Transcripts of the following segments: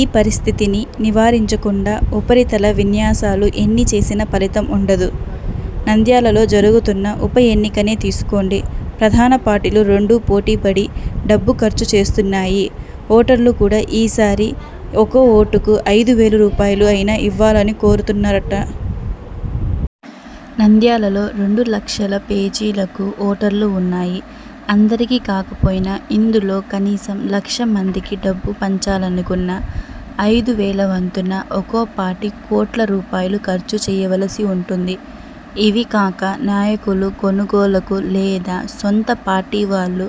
ఈ పరిస్థితిని నివారించకుండా ఉపరితల విన్యాసాలు ఎన్ని చేసినా ఫలితం ఉండదు. నంద్యాలలో జరుగుతున్న ఉప ఎన్నికనే తీసుకోండి. ప్రధాన పార్టీలు రెండూ పోటీ పడి డబ్బు ఖర్చు చేస్తున్నాయి. ఓటర్లు కూడా ఈసారి ఒక్కో ఓటుకు అయిదు వేల రూపాయలు అయినా ఇవ్వాలని కోరుతున్నారట! నంద్యాలలో రెండు లక్షల పైచిలుకు ఓటర్లు ఉన్నారు. అందరికీ కాకపోయినా ఇందులో కనీసం లక్ష మందికి డబ్బు పంచాలనుకున్నా అయిదు వేల వంతున ఒక్కో పార్టీ కోట్ల రూపాయలు ఖర్చు చేయవలసి ఉంటుంది. ఇవి కాక నాయకుల కొనుగోలుకు లేదా సొంత పార్టీవాళ్లు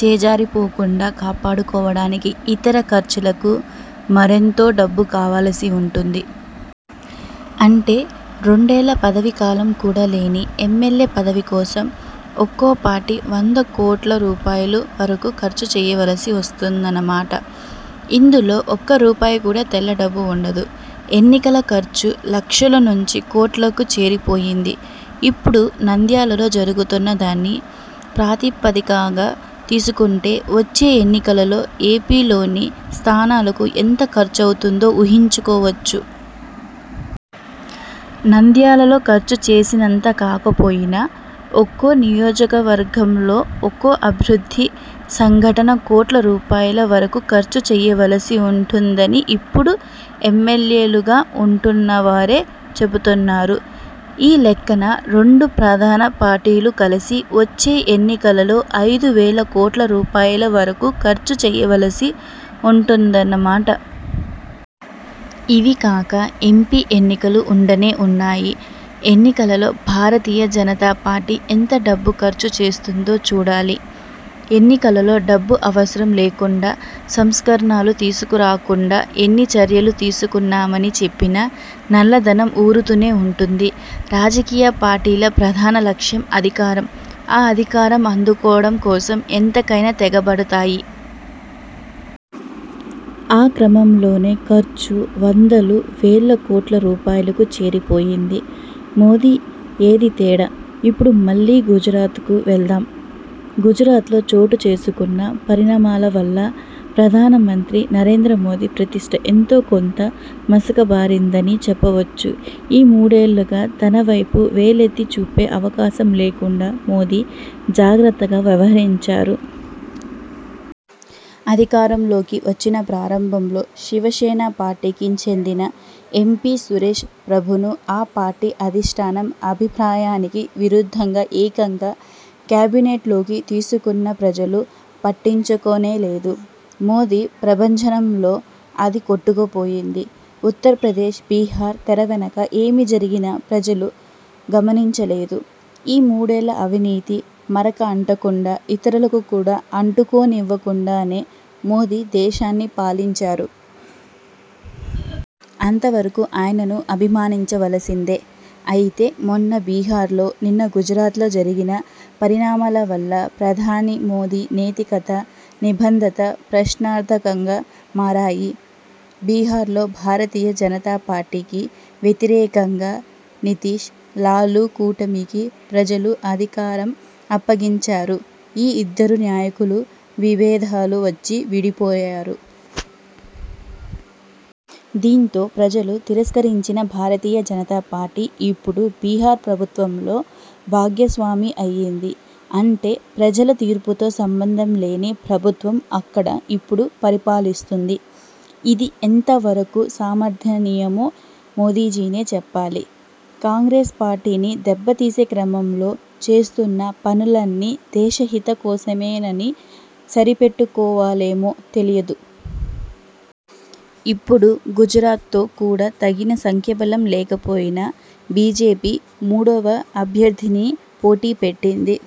చేజారిపోకుండా కాపాడుకోవడానికి ఇతర ఖర్చులకు మరెంతో డబ్బు కావలసి ఉంటుంది. అంటే రెండేళ్ల పదవీకాలం కూడా లేని ఎమ్మెల్యే పదవి కోసం ఒక్కో పార్టీ వంద కోట్ల రూపాయల వరకు ఖర్చు చేయవలసి వస్తోందన్న మాట! ఇందులో ఒక్క రూపాయి కూడా తెల్ల డబ్బు ఉండదు. ఎన్నికల ఖర్చు లక్షల నుంచి కోట్లకు చేరిపోయింది. ఇప్పుడు నంద్యాలలో జరుగుతున్న దాన్ని ప్రాతిపదికగా తీసుకుంటే వచ్చే ఎన్నికలలో ఏపీలోని స్థానాలకు ఎంత ఖర్చు అవుతుందో ఊహించుకోవచ్చు. నంద్యాలలో ఖర్చు చేసినంత కాకపోయినా ఒక్కో నియోజకవర్గంలో ఒక్కో అభ్యర్థీ సగటున కోట్ల రూపాయల వరకు ఖర్చు చేయవలసి ఉంటుందని ఇప్పుడు ఎమ్మెల్యేలుగా ఉంటున్నవారే చెబుతున్నారు. ఈ లెక్కన రెండు ప్రధాన పార్టీలూ కలిసి వచ్చే ఎన్నికలలో అయిదు వేల కోట్ల రూపాయల వరకు ఖర్చు చేయవలసి ఉంటుందన్న మాట! ఇవికాక ఎంపీ ఎన్నికలు ఉండనే ఉన్నాయి. ఎన్నికలలో భారతీయ జనతా పార్టీ ఎంత డబ్బు ఖర్చు చేస్తుందో చూడాలి! ఎన్నికలలో డబ్బు అవసరం లేకుండా సంస్కరణలు తీసుకురాకుండా ఎన్ని చర్యలు తీసుకున్నామని చెప్పినా నల్లధనం ఊరుతూనే ఉంటుంది. రాజకీయ పార్టీల ప్రధాన లక్ష్యం అధికారం. ఆ అధికారం అందుకోవడం కోసం ఎంతకైనా తెగబడతాయి. ఆ క్రమంలోనే ఖర్చు వందలు, వేల కోట్ల రూపాయలకు చేరిపోయింది. మోదీ ఏదీ తేడా? ఇప్పుడు మళ్లీ గుజరాత్కు వెళదాం! గుజరాత్లో చోటుచేసుకున్న పరిణామాల వల్ల ప్రధానమంత్రి నరేంద్ర మోదీ ప్రతిష్ఠ ఎంతో కొంత మసకబారిందని చెప్పవచ్చు. ఈ మూడేళ్లుగా తనవైపు వేలెత్తి చూపే అవకాశం లేకుండా మోదీ జాగ్రత్తగా వ్యవహరించారు. అధికారంలోకి వచ్చిన ప్రారంభంలో శివసేన పార్టీకి చెందిన ఎంపీ సురేశ్ ప్రభును ఆ పార్టీ అధిష్ఠానం అభిప్రాయానికి విరుద్ధంగా ఏకంగా కేబినెట్లోకి తీసుకున్నా ప్రజలు పట్టించుకోలేదు. మోదీ ప్రభంజనంలో అది కొట్టుకుపోయింది. ఉత్తరప్రదేశ్– బిహార్లో తెర వెనుక ఏమి జరిగినా ప్రజలు గమనించలేదు. ఈ మూడేళ్లూ అవినీతి మరక అంటకుండా, ఇతరులకు కూడా అంటుకోనివ్వకుండానే మోదీ దేశాన్ని పాలించారు. అంతవరకు ఆయనను అభినందించవలసిందే! అయితే మొన్న బిహార్లో, నిన్న గుజరాత్లో జరిగిన పరిణామాల వల్ల ప్రధాని మోదీ నైతికత, నిబద్ధత ప్రశ్నార్థకంగా మారాయి. బిహార్లో భారతీయ జనతా పార్టీకి వ్యతిరేకంగా నితీశ్– లాలూ కూటమికి ప్రజలు అధికారం అప్పగించారు. ఈ ఇద్దరు నాయకులూ విభేదాలు వచ్చి విడిపోయారు. దీంతో ప్రజలు తిరస్కరించిన భారతీయ జనతా పార్టీ ఇప్పుడు బిహార్ ప్రభుత్వంలో భాగస్వామి అయ్యింది. అంటే ప్రజల తీర్పుతో సంబంధం లేని ప్రభుత్వం అక్కడ ఇప్పుడు పరిపాలిస్తోంది. ఇది ఎంతవరకు సమర్థనీయమో మోదీజీనే చెప్పాలి. కాంగ్రెస్ పార్టీని దెబ్బతీసే క్రమంలో చేస్తున్న పనులన్నీ దేశహితం కోసమేనని సరిపెట్టుకోవాలేమో తెలియదు. ఇప్పుడు గుజరాత్లో కూడా తగిన సంఖ్యాబలం లేకపోయినా బీజేపీ మూడవ అభ్యర్థిని పోటీ పెట్టింది.